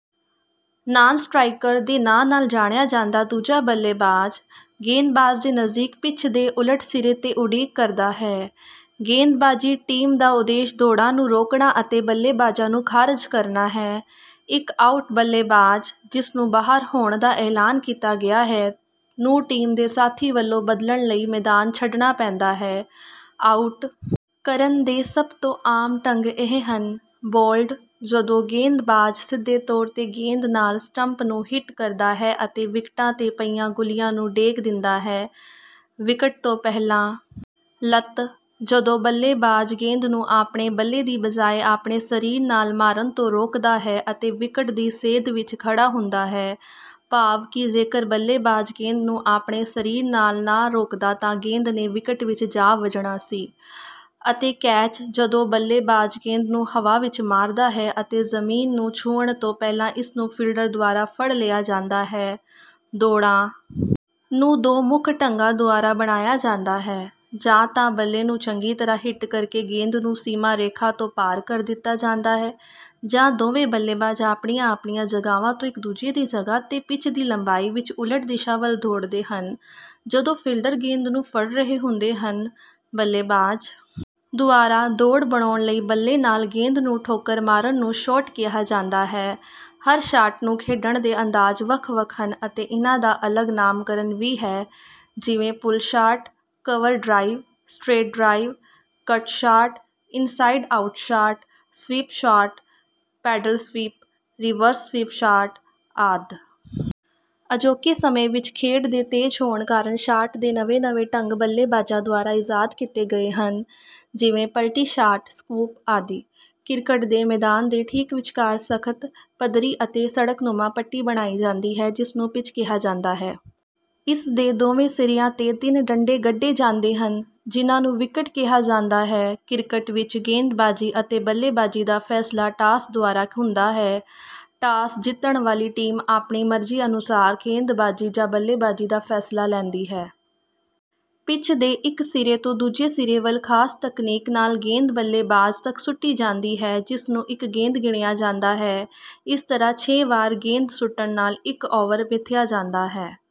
Non-striker ਦੇ ਨਾਂ ਨਾਲ ਜਾਣਿਆ ਜਾਂਦਾ ਦੂਜਾ ਬੱਲੇਬਾਜ਼, ਗੇਂਦਬਾਜ਼ ਦੇ ਨਜ਼ਦੀਕ ਪਿੱਚ ਦੇ ਉਲਟ ਸਿਰੇ ’ਤੇ ਉਡੀਕ ਕਰਦਾ ਹੈ। ਗੇਂਦਬਾਜ਼ੀ ਟੀਮ ਦਾ ਉਦੇਸ਼ ਦੌੜਾਂ ਨੂੰ ਰੋਕਣਾ ਅਤੇ ਬੱਲੇਬਾਜ਼ਾਂ ਨੂੰ ਖਾਰਜ ਕਰਨਾ ਹੈ। ਇੱਕ ਆਊਟ ਬੱਲੇਬਾਜ਼, ਜਿਸਨੂੰ “ਬਾਹਰ” ਹੋਣ ਦਾ ਐਲਾਨ ਕੀਤਾ ਗਿਆ ਹੈ, ਨੂੰ ਟੀਮ ਦੇ ਸਾਥੀ ਵੱਲੋਂ ਬਦਲਣ ਲਈ ਮੈਦਾਨ ਛੱਡਣਾ ਪੈਂਦਾ ਹੈ। ਆਊਟ ਕਰਨ ਦੇ ਸਭ ਤੋਂ ਆਮ ਢੰਗ ਇਹ ਹਨ: ਬੋਲਡ, ਜਦੋਂ ਗੇਂਦਬਾਜ਼ ਸਿੱਧੇ ਤੌਰ ’ਤੇ ਗੇਂਦ ਨਾਲ ਸਟੰਪ ਨੂੰ ਹਿੱਟ ਕਰਦਾ ਹੈ ਅਤੇ ਵਿਕਟਾਂ ’ਤੇ ਪਈਆਂ ਗੁੱਲੀਆਂ ਨੂੰ ਡੇਗ ਦਿੰਦਾ ਹੈ; ਵਿਕਟ ਤੋਂ ਪਹਿਲਾਂ ਲੱਤ, ਜਦੋਂ ਬੱਲੇਬਾਜ਼ ਗੇਂਦ ਨੂੰ ਆਪਣੇ ਬੱਲੇ ਦੀ ਬਜਾਏ ਆਪਣੇ ਸਰੀਰ ਨਾਲ ਮਾਰਨ ਤੋਂ ਰੋਕਦਾ ਹੈ ਅਤੇ ਵਿਕਟ ਦੀ ਸੇਧ ਵਿੱਚ ਖੜ੍ਹਾ ਹੁੰਦਾ ਹੈ, ਭਾਵ ਕਿ ਜੇਕਰ ਬੱਲੇਬਾਜ਼ ਗੇਂਦ ਨੂੰ ਆਪਣੇ ਸਰੀਰ ਨਾਲ ਨਾ ਰੋਕਦਾ ਤਾਂ ਗੇਂਦ ਨੇ ਵਿਕਟ ਵਿੱਚ ਜਾ ਵੱਜਣਾ ਸੀ; ਅਤੇ ਕੈਚ, ਜਦੋਂ ਬੱਲੇਬਾਜ਼ ਗੇਂਦ ਨੂੰ ਹਵਾ ਵਿੱਚ ਮਾਰਦਾ ਹੈ ਅਤੇ ਜ਼ਮੀਨ ਨੂੰ ਛੂਹਣ ਤੋਂ ਪਹਿਲਾਂ ਇਸ ਨੂੰ ਫੀਲਡਰ ਦੁਆਰਾ ਫੜ ਲਿਆ ਜਾਂਦਾ ਹੈ। ਦੌੜਾਂ ਨੂੰ ਦੋ ਮੁੱਖ ਢੰਗਾਂ ਦੁਆਰਾ ਬਣਾਇਆ ਜਾਂਦਾ ਹੈ। ਜਾਂ ਤਾਂ ਬੱਲੇ ਨੂੰ ਚੰਗੀ ਤਰ੍ਹਾਂ ਹਿੱਟ ਕਰਕੇ ਗੇਂਦ ਨੂੰ ਸੀਮਾ-ਰੇਖਾ ਤੋਂ ਪਾਰ ਕਰ ਦਿੱਤਾ ਜਾਂਦਾ ਹੈ, ਜਾਂ ਦੋਵੇਂ ਬੱਲੇਬਾਜ਼ ਆਪਣੀਆਂ-ਆਪਣੀਆਂ ਜਗ੍ਹਾਵਾਂ ਤੋਂ ਇੱਕ-ਦੂਜੇ ਦੀ ਜਗ੍ਹਾ ’ਤੇ ਪਿੱਚ ਦੀ ਲੰਬਾਈ ਵਿੱਚ ਉਲਟ ਦਿਸ਼ਾ ਵੱਲ ਦੌੜਦੇ ਹਨ, ਜਦੋਂ ਫੀਲਡਰ ਗੇਂਦ ਨੂੰ ਫੜ ਰਹੇ ਹੁੰਦੇ ਹਨ। ਬੱਲੇਬਾਜ਼ ਦੁਆਰਾ ਦੌੜ ਬਣਾਉਣ ਲਈ ਬੱਲੇ ਨਾਲ ਗੇਂਦ ਨੂੰ ਠੋਕਰ ਮਾਰਨ ਨੂੰ ਸ਼ੌਟ ਕਿਹਾ ਜਾਂਦਾ ਹੈ। ਹਰ ਸ਼ਾਟ ਨੂੰ ਖੇਡਣ ਦੇ ਅੰਦਾਜ਼ ਵੱਖ-ਵੱਖ ਹਨ ਅਤੇ ਇਨ੍ਹਾਂ ਦਾ ਅਲੱਗ ਨਾਮਕਰਨ ਵੀ ਹੈ, ਜਿਵੇਂ pull shot, cover drive, straight drive, cut shot, inside out shot, sweep shot, paddle sweep, reverse sweep shot ਆਦਿ। ਅਜੋਕੇ ਸਮੇਂ ਵਿੱਚ ਖੇਡ ਦੇ ਤੇਜ਼ ਹੋਣ ਕਾਰਨ ਸ਼ਾਟ ਦੇ ਨਵੇਂ-ਨਵੇਂ ਢੰਗ ਬੱਲੇਬਾਜ਼ਾਂ ਦੁਆਰਾ ਇਜਾਦ ਕੀਤੇ ਗਏ ਹਨ, ਜਿਵੇਂ ਪਲਟੀ ਸ਼ਾਟ, ਸਕੂਪ ਆਦਿ। ਕ੍ਰਿਕਟ ਦੇ ਮੈਦਾਨ ਦੇ ਠੀਕ ਵਿਚਕਾਰ ਸਖ਼ਤ, ਪੱਧਰੀ ਅਤੇ ਸੜਕ-ਨੁਮਾ ਪੱਟੀ ਬਣਾਈ ਜਾਂਦੀ ਹੈ, ਜਿਸਨੂੰ ਪਿੱਚ ਕਿਹਾ ਜਾਂਦਾ ਹੈ। ਇਸ ਦੇ ਦੋਵੇਂ ਸਿਰਿਆਂ ’ਤੇ ਤਿੰਨ ਡੰਡੇ ਗੱਡੇ ਜਾਂਦੇ ਹਨ, ਜਿਨ੍ਹਾਂ ਨੂੰ ਵਿਕਟ ਕਿਹਾ ਜਾਂਦਾ ਹੈ। ਕ੍ਰਿਕਟ ਵਿੱਚ ਗੇਂਦਬਾਜ਼ੀ ਅਤੇ ਬੱਲੇਬਾਜ਼ੀ ਦਾ ਫ਼ੈਸਲਾ ਟਾਸ ਦੁਆਰਾ ਹੁੰਦਾ ਹੈ। ਟਾਸ ਜਿੱਤਣ ਵਾਲੀ ਟੀਮ ਆਪਣੀ ਮਰਜ਼ੀ ਅਨੁਸਾਰ ਗੇਂਦਬਾਜ਼ੀ ਜਾਂ ਬੱਲੇਬਾਜ਼ੀ ਦਾ ਫ਼ੈਸਲਾ ਲੈਂਦੀ ਹੈ। ਪਿੱਚ ਦੇ ਇੱਕ ਸਿਰੇ ਤੋਂ ਦੂਜੇ ਸਿਰੇ ਵੱਲ ਖ਼ਾਸ ਤਕਨੀਕ ਨਾਲ ਗੇਂਦ ਬੱਲੇਬਾਜ਼ ਤੱਕ ਸੁੱਟੀ ਜਾਂਦੀ ਹੈ, ਜਿਸਨੂੰ ਇੱਕ ਗੇਂਦ ਗਿਣਿਆ ਜਾਂਦਾ ਹੈ। ਇਸ ਤਰ੍ਹਾਂ ਛੇ ਵਾਰ ਗੇਂਦ ਸੁੱਟਣ ਨਾਲ ਇੱਕ ਓਵਰ ਮਿਥਿਆ ਜਾਂਦਾ ਹੈ।